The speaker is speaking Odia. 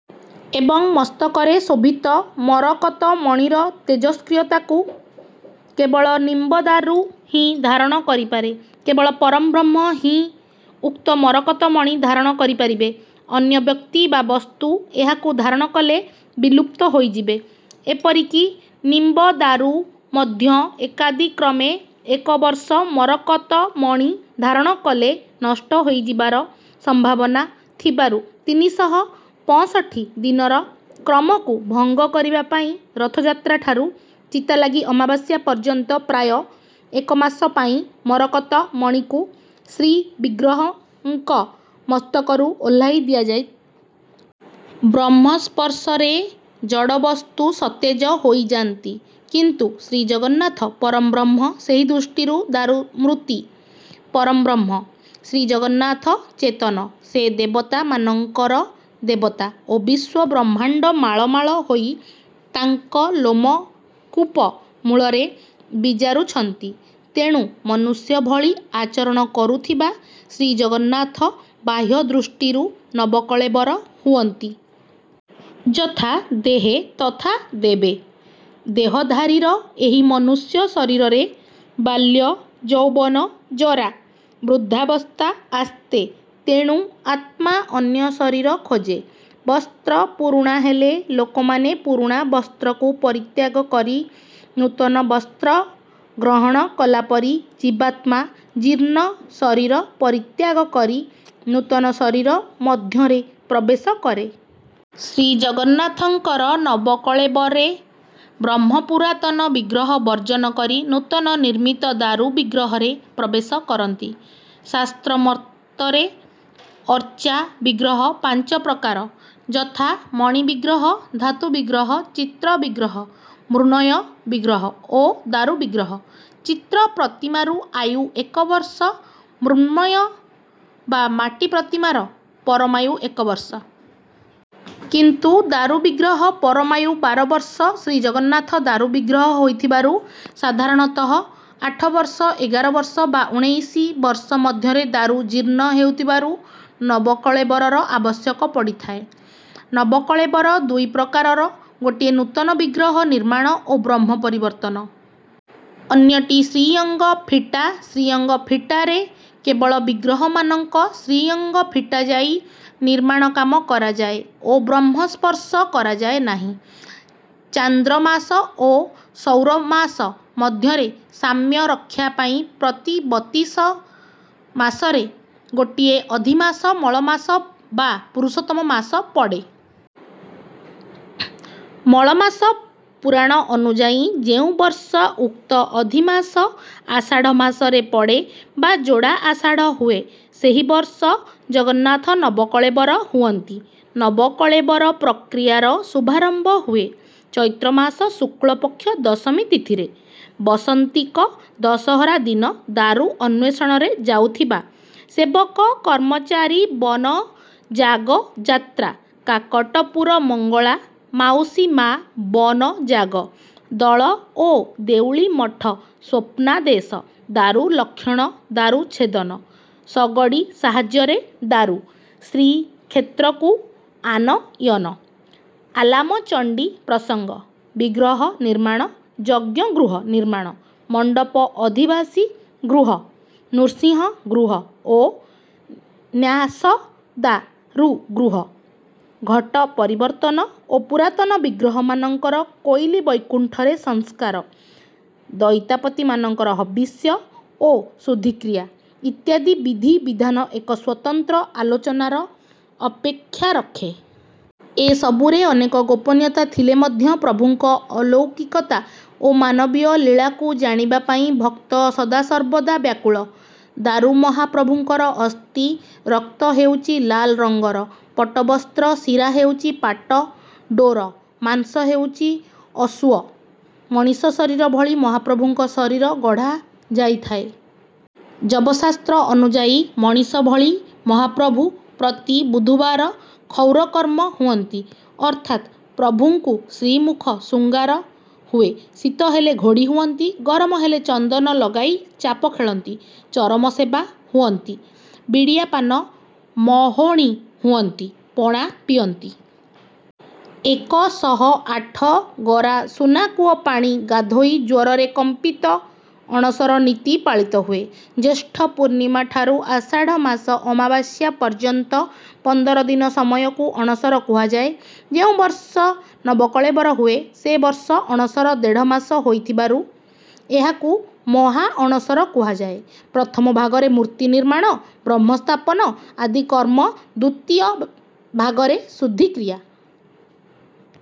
ଏବଂ ମସ୍ତକରେ ଶୋଭିତ ମରକତ ମଣିର ତେଜସକ୍ରିୟାତାକୁ କେବଳ ନିମ୍ବ ଦାରୁ ହିଁ ଧାରଣ କରିପାରେ। କେବଳ ପରଂବ୍ରହ୍ମ ହିଁ ଉକ୍ତ ମରକତ ମଣି ଧାରଣ କରିପାରିବେ। ଅନ୍ୟ ବ୍ୟକ୍ତି ବା ବସ୍ତୁ ଏହାକୁ ଧାରଣ କଲେ ବିଲୁପ୍ତ ହୋଇଯିବେ। ଏପରିକି ନିମ୍ବ ଦାରୁ ମଧ୍ୟ ଏକାଦିକ୍ରମେ ଏକ ବର୍ଷ ମରକତମଣି ଧାରଣ କଲେ ନଷ୍ଟ ହୋଇଯିବାର ସମ୍ଭାବନା ଥିବାରୁ ତିନି ଶହ ପଅଁଷଠି ଦିନର କ୍ରମକୁ ଭଙ୍ଗ କରିବା ପାଇଁ ରଥଯାତ୍ରା ଠାରୁ ଚିତାଲାଗି ଅମାବାସ୍ୟା ପର୍ଯ୍ୟନ୍ତ ପ୍ରାୟ ଏକମାସ ପାଇଁ ମରକତ ମଣିକୁ ଶ୍ରୀବିଗ୍ରହଙ୍କ ମସ୍ତକରୁ ଓହ୍ଲାଇ ଦିଆଯାଇ ବ୍ରହ୍ମସ୍ପର୍ଶରେ ଜଡ଼ବସ୍ତୁ ସତେଜ ହୋଇଯାନ୍ତି। କିନ୍ତୁ ଶ୍ରୀଜଗନ୍ନାଥ ପରଂବ୍ରହ୍ମ। ସେହିଦୃଷ୍ଟିରୁ ଦାରୁମୂର୍ତି ପରଂବ୍ରହ୍ମ ଶ୍ରୀଜଗନ୍ନାଥ ଚେତନ। ସେ ଦେବତା ମାନଙ୍କର ଦେବତା ଓ ବିଶ୍ୱ ବ୍ରମହାଣ୍ଡ ମାଳ ମାଳ ହୋଇ ତାଙ୍କ ଲୋମକୂପ ମୂଳରେ ବିରାଜୁଛନ୍ତି। ତେଣୁ ମନୁଷ୍ୟ ଭଳି ଆଚରଣ କରୁଥିବା ଶ୍ରୀଜଗନ୍ନାଥ ବାହ୍ୟଦୃଷ୍ଟିରୁ ନବକଳେବର ହୁଅନ୍ତି। ଯଥାଦେହେ ତଥା ଦେବେ। ଦେହଧାରୀର ଏହି ମନୁଷ୍ୟ ଶରୀରରେ ବାଲ୍ୟ, ଯୌବନ, ଜରା, ବୃଦ୍ଧାବସ୍ଥା ଆସେ। ତେଣୁ ଆତ୍ମା ଅନ୍ୟ ଶରୀର ଖୋଜେ। ବସ୍ତ୍ର ପୁରୁଣା ହେଲେ ଲୋକମାନେ ପୁରୁଣା ବସ୍ତ୍ରକୁ ପରିତ୍ୟାଗ କରି ନୂତନ ବସ୍ତ୍ର ଗ୍ରହଣ କଲାପରି ଜୀବାତ୍ମା ଜୀର୍ଣ୍ଣ ଶରୀର ପରିତ୍ୟାଗ କରି ନୂତନ ଶରୀର ମଧ୍ୟରେ ପ୍ରବେଶ କରେ। ଶ୍ରୀଜଗନ୍ନାଥଙ୍କର ନବକଳେବରେ ବ୍ରହ୍ମ ପୁରାତନ ବିଗ୍ରହ ବର୍ଜନ କରି ନୂତନ ନିର୍ମିତ ଦାରୁ ବିଗ୍ରହରେ ପ୍ରବେଶ କରନ୍ତି। ଶାସ୍ତ୍ର ମତରେ, ଅର୍ଚା ବିଗ୍ରହ ପାଞ୍ଚ ପ୍ରକାର। ଯଥା- ମଣିବିଗ୍ରହ, ଧାତୁବିଗ୍ରହ, ଚିତ୍ର ବିଗ୍ରହ, ମୃଣ ୟ ବିଗ୍ରହ ଓ ଦାରୁ ବିଗ୍ରହ। ଚିତ୍ର ପ୍ରତିମାର ଆୟୁ ଏକ ବର୍ଷ। ମୃଣ୍ମୟ ବା ମାଟି ପ୍ରତିମାର ପରମାୟୁ ଏକ ମାସ। କିନ୍ତୁ ଦାରୁ ବିଗ୍ରହ ପରମାୟୁ ବାର ବର୍ଷ। ଶ୍ରୀଜଗନ୍ନାଥ ଦାରୁ ବିଗ୍ରହ ହୋଇଥିବାରୁ ସାଧାରଣତଃ ଆଠ ବର୍ଷ, ଏଗାର ବର୍ଷ ବା ଉଣେଇଶି ବର୍ଷ ମଧ୍ୟରେ ଦାରୁ ଜୀର୍ଣ୍ଣ ହେଉଥିବାରୁ ନବକଳେବରର ଆବଶ୍ୟକ ପଡିଥାଏ। ନବକଳେବର ଦୁଇ ପ୍ରକାରର ଗୋଟିଏ ନୂତନ ବିଗ୍ରହ ନିର୍ମାଣ ଓ ବ୍ରହ୍ମ ପରିବର୍ତ୍ତନ। ଅନ୍ୟଟି 'ଶ୍ରୀଅଙ୍ଗ ଫିଟା। ଶ୍ରୀଅଙ୍ଗ ଫିଟାରେ କେବଳ ବିଗ୍ରହ ମାନଙ୍କ ଶ୍ରୀଅଙ୍ଗ ଫିଟାଯାଇ ନିର୍ମାଣକାମ କରାଯାଏ ଓ ବ୍ରହ୍ମ ସ୍ପର୍ଶ କରାଯାଏ ନାହିଁ। ଚାନ୍ଦ୍ରମାସ ଓ ସୌରମାସ ମଧ୍ୟରେ ସାମ୍ୟ ରକ୍ଷା ପାଇଁ ପ୍ରତି ବତିଶି ମାସରେ ଗୋଟିଏ ଅଧିମାସ, ମଳ ମାସ ବା ପୁରୁଷୋତ୍ତମ ମାସ ପଡେ। ମଳମାସ ପୁରାଣ ଅନୁଯାୟୀ ଯେଉଁବର୍ଷ ଉକ୍ତ ଅଧିମାସ ଆଷାଢ଼ ମାସରେ ପଡେ ବା ଯୋଡ଼ା ଆଷାଢ଼ ହୁଏ ସେହି ବର୍ଷ ଶ୍ରୀଜଗନ୍ନାଥ ନବକଳେବର ହୁଅନ୍ତି। ନବକଳେବର ପ୍ରକିୟାର ଶୁଭାରମ୍ଭ ହୁଏ। ଚୈତ୍ରମାସ ଶୁକ୍ଳପକ୍ଷ ଦଶମୀ ତିଥିରେ। ବସନ୍ତିକ ଦଶହରା ଦିନ। ଦାରୁ ଅନ୍ୱେଷଣରେ ଯାଉଥିବା ସେବକ, କର୍ମଚାରୀ, ବନଯାଗଯାତ୍ରା, କାକଟପୁର ମଙ୍ଗଳା, ମାଉସୀ ମା, ବନଯାଗ ଦଳ ଓ ଦେଉଳିମଠ, ସ୍ୱପ୍ନାଦେଶ, ଦାରୁ ଲକ୍ଷଣ, ଦାରୁ ଛେଦନ, ଶଗଡି ସାହାଯ୍ୟରେ ଦାରୁ ଶ୍ରୀକ୍ଷେତ୍ରକୁ ଆନୟନ, ଆଲାମଚଣ୍ଡୀ ପ୍ରସଙ୍ଗ, ବିଗ୍ରହ ନିର୍ମାଣ, ଯଜ୍ଞଗୃହ, ନିର୍ମାଣ ମଣ୍ଡପ, ଅଧିବାସୀ ଗୃହ, ନୃସିଂହଗୃହ ଓ ନ୍ୟାସଦାରୁଗୃହ, ଘଟ ପରିବର୍ତନ ଓ ପୁରାତନ ବିଗ୍ରହମାନଙ୍କର କୋଇଲି ବୈକୁଣ୍ଠରେ ସଂସ୍କାର, ଦଇତାପତିମାନଙ୍କର ହବିଷ୍ୟ ଓ ଶୁଦ୍ଧିକ୍ରିୟା ଇତ୍ୟାଦି ବିଧି ବିଧାନ ଏକ ସ୍ୱତନ୍ତ୍ର ଆଲୋଚନାର ଅପେକ୍ଷା ରଖେ। ଏସବୁରେ ଅନେକ ଗୋପନୀୟତା ଥିଲେ ମଧ୍ୟ ପ୍ରଭୁଙ୍କ ଅଲୌକିକତା ଓ ମାନବୀୟ ଲୀଳାକୁ ଜାଣିବା ପାଇଁ ଭକ୍ତ ସଦାସର୍ବଦା ବ୍ୟାକୁଳ। ଦାରୁ ମହା ପ୍ରଭୁଙ୍କର ଅସ୍ଥି। ରକ୍ତ ହେଉଛି ଲାଲ ରଙ୍ଗର ପଟ୍ଟବସ୍ତ୍ର। ଶିରା ହେଉଚି ପାଟ ଡୋର। ମାଂସ ହେଉଚି ଅଷୁଅ। ମଣିଷ ଶରୀର ଭଳି ମହାପ୍ରଭୁଙ୍କ ଶରୀର ଗଢ଼ା ଯାଇଥାଏ। ଯବଶାସ୍ତ୍ର ଅନୁଯାୟୀ ମଣିଷ ଭଳି ମହାପ୍ରଭୁ ପ୍ରତି ବୁଧବାର କ୍ଷୌର କର୍ମ ହୁଅନ୍ତି। ଅର୍ଥାତ ପ୍ରଭୁଙ୍କୁ ଶ୍ରୀମୁଖ ଶୃଙ୍ଗାର ହୁଏ। ଶୀତ ହେଲେ ଘୋଡ଼ି ହଅନ୍ତି। ଗରମ ହେଲେ ଚନ୍ଦନ ଲଗାଇ ଚାପ ଖେଳନ୍ତି। ଚରମ ସେବା ହୁଅନ୍ତି। ବିଡିଆ ପାନ ମହୋଣି ହୁଅନ୍ତି। ପଣା ପିଅନ୍ତି। ଏକ ଶହ ଆଠ ଗରା ସୁନା କୂଅ ପାଣି ଗାଧୋଇ ଜ୍ୱରରେ କମ୍ପତି। ଅଣସର ନୀତି ପାଳିତ ହୁଏ। ଜ୍ୟେଷ୍ଠ ପୂର୍ଣ୍ଣିମା ଠାରୁ ଆଷାଢ଼ ମାସ ଅମାବାସ୍ୟା ପର୍ଯ୍ୟନ୍ତ ପନ୍ଦର ଦିନ ସମୟକୁ ଅଣସର କୁହାଯାଏ। ଯେଉଁ ବର୍ଷ ନବକଳେବର ହୁଏ, ସେ ବର୍ଷ ଅଣସର ଦେଢମାସ ହେଇଥିବାରୁ ଏହାକୁ ମାହାଅଣସର କୁହାଯାଏ। ପ୍ରଥମ ଭାଗରେ ମୂର୍ତ୍ତି ନିର୍ମାଣ, ବ୍ରହ୍ମସ୍ଥାପନ ଆଦି କର୍ମ, ଦୁତୀୟ ଭାଗରେ ଶୁଦ୍ଧିକ୍ରିୟା